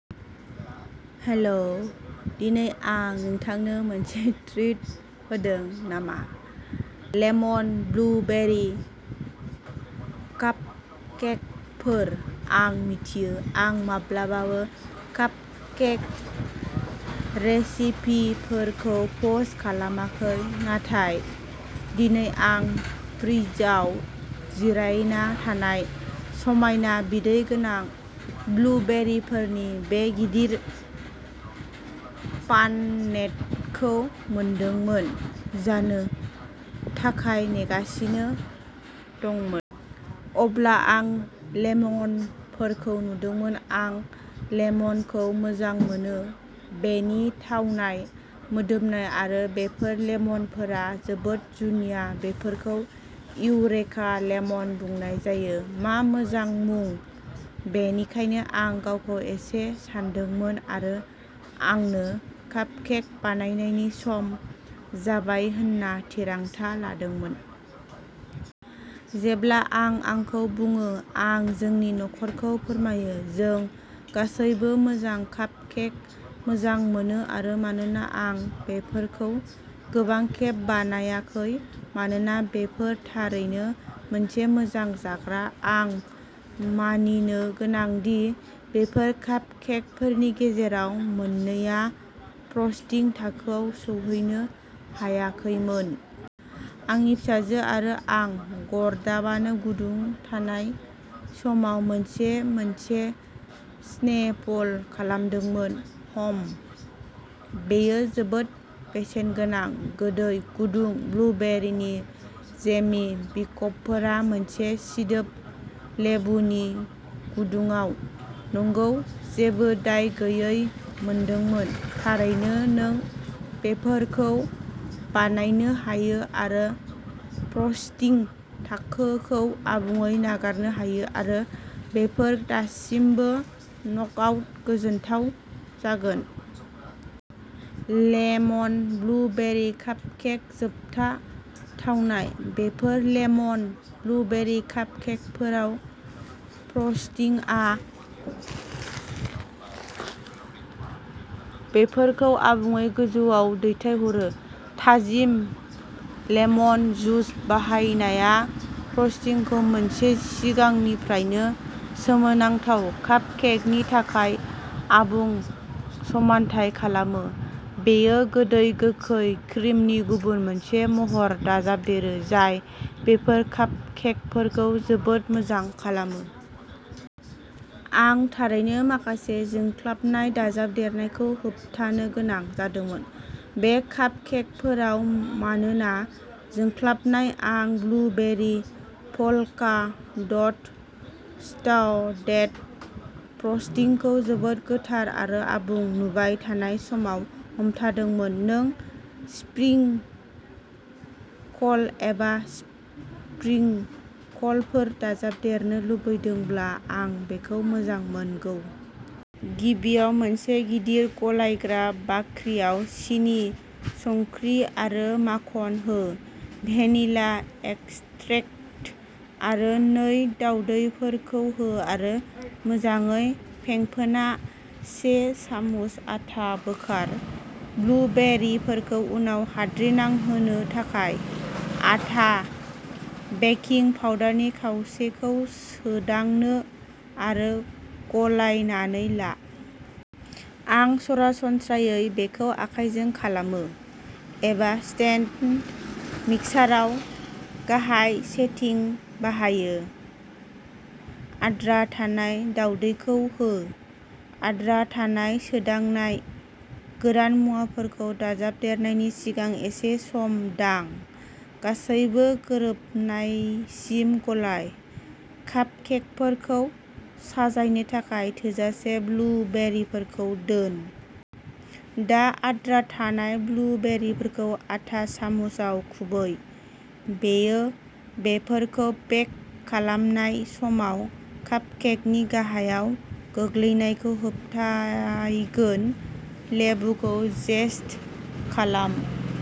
Hello, दिनै आं नोंथांनो मोनसे ट्रिट होदों नामा। लेमन ब्लुबेरि कापकेकफोर। आं मिथियो, आं माब्लाबाबो कापकेक रेसिपिफोरखौ पस्ट खालामाखै, नाथाय दिनै, आं फ्रिजआव जिरायना थानाय समायना, बिदै गोनां, ब्लुबेरिफोरनि बे गिदिर पाननेटखौ मोनदोंमोन, जानो थाखाय नेगासिनो दंमोन। अब्ला आं लेमनफोरखौ नुदोंमोन। आं लेमनखौ मोजां मोनो, बेनि थावनाय, मोदोमनाय आरो बेफोर लेमनफोरा जोबोद जुनिया बेफोरखौ इउरेका लेमन बुंनाय जायो। मा मोजां मुं। बेनिखायनो आं गावखौ एसे सानदोंमोन आरो आंनो कापकेक बानायनायनि सम जाबाय होनना थिरांथा लादोंमोन। जेब्ला आं आंखौ बुङो। आं जोंनि नखरखौ फोरमायो। जों गासैबो मोजां कापकेक मोजां मोनो आरो मानोना आं बेफोरखौ गोबां खेब बानायाखै मानोना बेफोर थारैनो मोनसे मोजां जाग्रा। आं मानिनो गोनां दि, बेफोर कापकेकफोरनि गेजेराव मोननैया फ्रस्टिं थाखोआव सौहैनो हायाखैमोन। आंनि फिसाजो आरो आं गरदाबानो गुदुं थानाय समाव मोनसे मोनसे स्नेफल खालामदोंमोन। हम्म। बेयो जोबोद बेसेनगोनां। गोदै, गुदुं ब्लुबेरिनि जेमि बिखबफोरा मोनसे सिदोब लेबुनि गुदुङाव, नंगौ जेबो दाय गैयै मोनदोंमोन। थारैनो नों बेफोरखौ बानायनो हायो आरो फ्रस्टिं थाखोखौ आबुङै नागारनो हायो आरो बेफोर दासिमबो नकआउट गोथाव जागोन! लेमन ब्लुबेरि कापकेक जोबथा थावनाय। बेफोर लेमन ब्लुबेरि कापकेकफोराव फ्रस्टिंआ बेफोरखौ आबुङै गोजौआव दैथायहरो। थाजिम लेमन जुस बाहायनाया फ्रस्टिंखौ मोनसे सिगांनिफ्रायनो सोमोनांथाव कापकेकनि थाखाय आबुं समानथाय खालामो। बेयो गोदै गोखै क्रिमनि गुबुन मोनसे महर दाजाबदेरो जाय बेफोर कापकेकफोरखौ जोबोद मोजां खालामो। आं थारैनो माखासे जोंख्लाबनाय दाजाबदेरनायखौ होबथानो गोनां जादोंमोन। बे कापकेकफोराव मानोना जोंख्लाबनाय? आं ब्लुबेरि, पल्का डट स्टाडेड फ्रस्टिंखौ जोबोद गोथार आरो आबुं नुबाय थानाय समाव हमथादोंमोन। नों स्प्रिंकल एबा स्प्रिंकलफोर दाजाबदेरनो लुबैदोंब्ला, आं बेखौ मोजां मोनगौ। गिबियाव मोनसे गिदिर गलायग्रा बाख्रियाव सिनि, संख्रि आरो माखन हो। भेनिला एक्सट्रैक्ट आरो नै दावदैफोरखौ हो आरो मोजाङै फेंफोना से सामुस आटा बोखार, ब्लुबेरिफोरखौ उनाव हाद्रि नांहोनो थाखाय। आटा बेकिं पाउडारनि खावसेखौ सोदांनो आरो गलायनानै ला। आं सरासनस्रायै बेखौ आखायजों खालामो, एबा स्टेन्ड मिक्साराव गाहाय सेटिं बाहायो। आद्रा थानाय दावदैखौ हो। आद्रा थानाय सोदांनाय, गोरान मुवाफोरखौ दाजाबदेरनायनि सिगां एसे सम दां। गासैबो गोरोबनायसिम गलाय। कापकेकफोरखौ साजायनो थाखाय थोजासे ब्लुबेरिफोरखौ दोन। दा आद्रा थानाय ब्लुबेरिफोरखौ आटा सामुसआव खुबै। बेयो बेफोरखौ बेक खालामनाय समाव कापकेकनि गाहायाव गोग्लैनायखौ होबथायगोन। लेबुखौ जेस्ट खालाम।